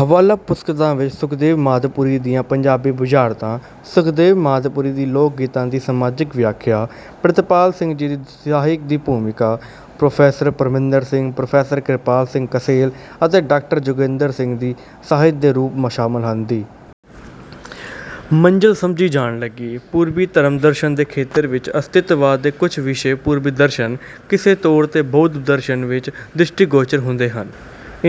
ਹਵਾਲਾ ਪੁਸਤਕਾਂ ਵਿੱਚ ਸੁਖਦੇਵ ਮਾਦਪੁਰੀ ਦੀਆਂ ਪੰਜਾਬੀ ਬੁਝਾਰਤਾਂ, ਸੁਖਦੇਵ ਮਾਦਪੁਰੀ ਦੀ ਲੋਕ ਗੀਤਾਂ ਦੀ ਸਮਾਜਿਕ ਵਿਆਖਿਆ, ਪ੍ਰਿਤਪਾਲ ਸਿੰਘ ਦੀ ਸਾਹਿਤ ਦੀ ਭੂਮਿਕਾ, ਪ੍ਰੋਫੈਸਰ ਪ੍ਰਮਿੰਦਰ ਸਿੰਘ, ਪ੍ਰੋਫੈਸਰ ਕਿਰਪਾਲ ਸਿੰਘ ਕਸੇਲ ਅਤੇ ਡਾਕਟਰ ਜੋਗਿੰਦਰ ਦੀ ਸਾਹਿਤ ਦੇ ਰੂਪ ਸ਼ਾਮਲ ਹਨ। ਦੀ ਮੰਜ਼ਿਲ ਸਮਝੀ ਜਾਣ ਲੱਗੀ। ਪੂਰਬੀ ਧਰਮ ਦਰਸ਼ਨ ਦੇ ਖੇਤਰ ਵਿੱਚ ਅਸਤਿਤਵਾਦ ਦੇ ਕੁਝ ਵਿਸ਼ੇ ਪੂਰਬੀ ਦਰਸ਼ਨ, ਵਿਸ਼ੇਸ਼ ਤੌਰ ਤੇ ਬੁੱਧ ਦਰਸ਼ਨ ਵਿੱਚ ਦ੍ਰਿਸ਼ਟੀਗੋਚਰ ਹੁੰਦੇ ਹਨ।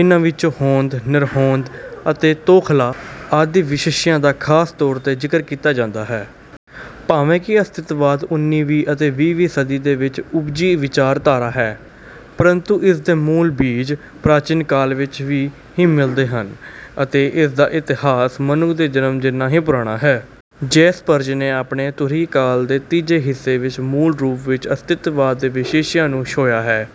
ਇਨ੍ਹਾਂ ਵਿੱਚੋਂ ਹੋਂਦ, ਨਿਰਹੋਂਦ ਅਤੇ ਤੌਖਲਾ ਆਦਿ ਵਿਸ਼ਿਆਂ ਦਾ ਖਾਸ ਤੌਰ ਤੇ ਜ਼ਿਕਰ ਕੀਤਾ ਜਾਂਦਾ ਹੈ। ਭਾਵੇਂ ਕਿ ਅਸਤਿਤਵਾਦ ਉੱਨੀਵੀਂ ਅਤੇ ਵੀਹਵੀਂ ਸਦੀ ਦੇ ਵਿੱਚ ਉਪਜੀ ਵਿਚਾਰਧਾਰਾ ਹੈ, ਪਰੰਤੂ ਇਸ ਦੇ ਮੂਲ ਬੀਜ ਪ੍ਰਾਚੀਨ ਕਾਲ ਵਿੱਚ ਹੀ ਮਿਲਦੇ ਹਨ। ਅਤੇ ਇਸ ਦਾ ਇਤਿਹਾਸ ਮਨੁੱਖ ਦੇ ਜਨਮ ਜਿੰਨਾ ਹੀ ਪੁਰਾਣਾ ਹੈ। ਜੈਸਪਰਜ਼ ਨੇ ਆਪਣੇ ਧੁਰਈ ਕਾਲ ਦੇ ਤੀਜੇ ਹਿੱਸੇ ਵਿੱਚ ਮੂਲ ਰੂਪ ਵਿੱਚ ਅਸਤਿਤਵਾਦ ਦੇ ਵਿਸ਼ਿਆਂ ਨੂੰ ਛੋਹਿਆ ਹੈ।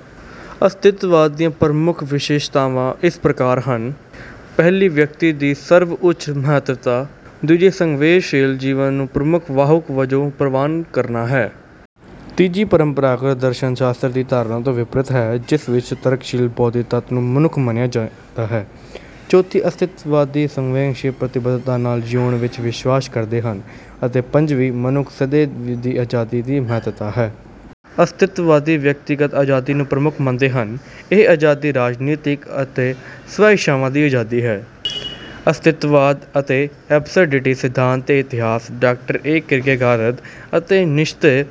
ਅਸਤਿਤਵਾਦ ਦੀਆਂ ਪ੍ਰਮੁੱਖ ਵਿਸ਼ੇਸ਼ਤਾਵਾਂ ਇਸ ਪ੍ਰਕਾਰ ਹਨ। ਪਹਿਲੀ ਵਿਅਕਤੀ ਦੀ ਸਰਵ ਉੱਚ ਮਹੱਤਤਾ। ਦੂਜੀ ਸੰਵੇਗਸ਼ੀਲ ਜੀਵਨ ਨੂੰ ਪ੍ਰਮੁੱਖ ਵਾਹਕ ਵਜੋਂ ਪ੍ਰਵਾਨ ਕਰਨਾ ਹੈ। ਤੀਜੀ ਪਰੰਪਰਾਗਤ ਦਰਸ਼ਨ ਸ਼ਾਸਤਰ ਦੀ ਧਾਰਨਾ ਤੋਂ ਵਿਪਰੀਤ ਹੈ, ਜਿਸ ਵਿੱਚ ਤਰਕਸ਼ੀਲ ਬੌਧਿਕ ਤੱਤ ਨੂੰ ਮਨੁੱਖ ਮੰਨਿਆ ਜਾਂਦਾ ਹੈ। ਚੌਥੀ ਅਸਤਿਤਵਵਾਦੀ ਸੰਵੇਗਸ਼ੀਲ ਪ੍ਰਤੀਬੱਧਤਾ ਨਾਲ ਜਿਊਣ ਵਿੱਚ ਵਿਸ਼ਵਾਸ ਕਰਦੇ ਹਨ। ਅਤੇ ਪੰਜਵੀਂ ਮਨੁੱਖ ਸਵੈ ਦੀ ਆਜ਼ਾਦੀ ਦੀ ਮਹੱਤਤਾ ਹੈ। ਅਸਤਿਤਵਵਾਦੀ ਵਿਅਕਤੀਗਤ ਆਜ਼ਾਦੀ ਨੂੰ ਪ੍ਰਮੁੱਖ ਮੰਨਦੇ ਹਨ। ਇਹ ਆਜ਼ਾਦੀ ਰਾਜਨੀਤਿਕ ਅਤੇ ਸਵੈ ਇੱਛਾਵਾਂ ਦੀ ਆਜ਼ਾਦੀ ਹੈ। ਅਸਤਿਤਵਵਾਦ ਅਤੇ ਐਬਸਰਡਿਟੀ ਸਿਧਾਂਤ ਤੇ ਇਤਿਹਾਸ, ਡਾਕਟਰ ਇਹ ਕਿਰਕੇਗਾਰਦ ਅਤੇ ਨੀਤਸ਼ੇ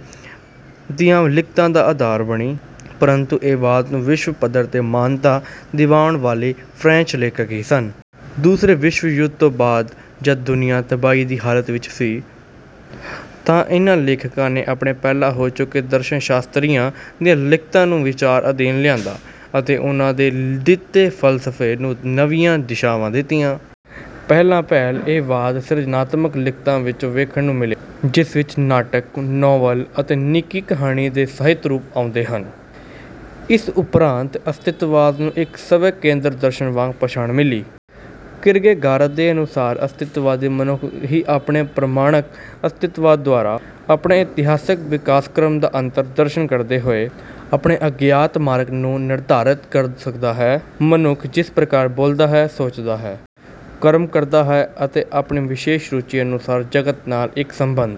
ਦੀਆਂ ਲਿਖਤਾਂ ਦਾ ਆਧਾਰ ਬਣੀ। ਪਰੰਤੂ ਇਸ ਵਾਦ ਨੂੰ ਵਿਸ਼ਵ ਪੱਧਰ ਤੇ ਮਾਨਤਾ ਦਿਵਾਉਣ ਵਾਲੇ ਫਰੈਂਚ ਲੇਖਕ ਹੀ ਸਨ। ਦੂਸਰੇ ਵਿਸ਼ਵ ਯੁੱਧ ਤੋਂ ਬਾਅਦ ਜਦ ਦੁਨੀਆ ਤਬਾਹੀ ਦੀ ਹਾਲਤ ਵਿੱਚ ਸੀ, ਤਾਂ ਇਨ੍ਹਾਂ ਲੇਖਕਾਂ ਨੇ ਆਪਣੇ ਪਹਿਲਾਂ ਹੋ ਚੁੱਕੇ ਦਰਸ਼ਨ ਸ਼ਾਸਤਰੀਆਂ ਦੀਆਂ ਲਿਖਤਾਂ ਨੂੰ ਵਿਚਾਰ ਅਧੀਨ ਲਿਆਂਦਾ, ਅਤੇ ਉਨ੍ਹਾਂ ਦੇ ਦਿੱਤੇ ਫਲਸਫੇ ਨੂੰ ਨਵੀਆਂ ਦਿਸ਼ਾਵਾਂ ਦਿੱਤੀਆਂ। ਪਹਿਲਾਂ ਪਹਿਲ ਇਹ ਵਾਦ ਸਿਰਜਨਾਤਮਕ ਲਿਖਤਾਂ ਵਿੱਚ ਵੇਖਣ ਨੂੰ ਮਿਲਿਆ, ਜਿਸ ਵਿੱਚ ਨਾਟਕ, ਨਾਵਲ ਅਤੇ ਨਿੱਕੀ ਕਹਾਣੀ ਦੇ ਸਾਹਿਤ ਰੂਪ ਆਉਂਦੇ ਹਨ। ਇਸ ਉਪਰੰਤ ਅਸਤਿਤਵਾਦ ਨੂੰ ਇੱਕ ਸਵੈ ਕੇਂਦਰਤ ਦਰਸ਼ਨ ਵਾਂਗ ਪਛਾਣ ਮਿਲੀ। ਕਿਰਕੇਗਾਰਦ ਦੇ ਅਨੁਸਾਰ ਅਸਤਿਤਵਾਦੀ ਮਨੁੱਖ ਹੀ ਆਪਣੇ ਪ੍ਰਮਾਣਕ ਅਸਤਿਤਵ ਦੁਆਰਾ, ਆਪਣੇ ਇਤਿਹਾਸਕ ਵਿਕਾਸਕ੍ਰਮ ਦਾ ਅੰਤਰ ਦਰਸ਼ਨ ਕਰਦੇ ਹੋਏ, ਆਪਣੇ ਅਗਿਆਤ ਮਾਰਗ ਨੂੰ ਨਿਰਧਾਰਤ ਕਰ ਸਕਦਾ ਹੈ। ਮਨੁੱਖ ਜਿਸ ਪ੍ਰਕਾਰ ਬੋਲਦਾ ਹੈ, ਸੋਚਦਾ ਹੈ, ਕਰਮ ਕਰਦਾ ਹੈ ਅਤੇ ਆਪਣੀ ਵਿਸ਼ੇਸ਼ ਰੁਚੀ ਅਨੁਸਾਰ ਜਗਤ ਨਾਲ ਇੱਕ ਸੰਬੰਧ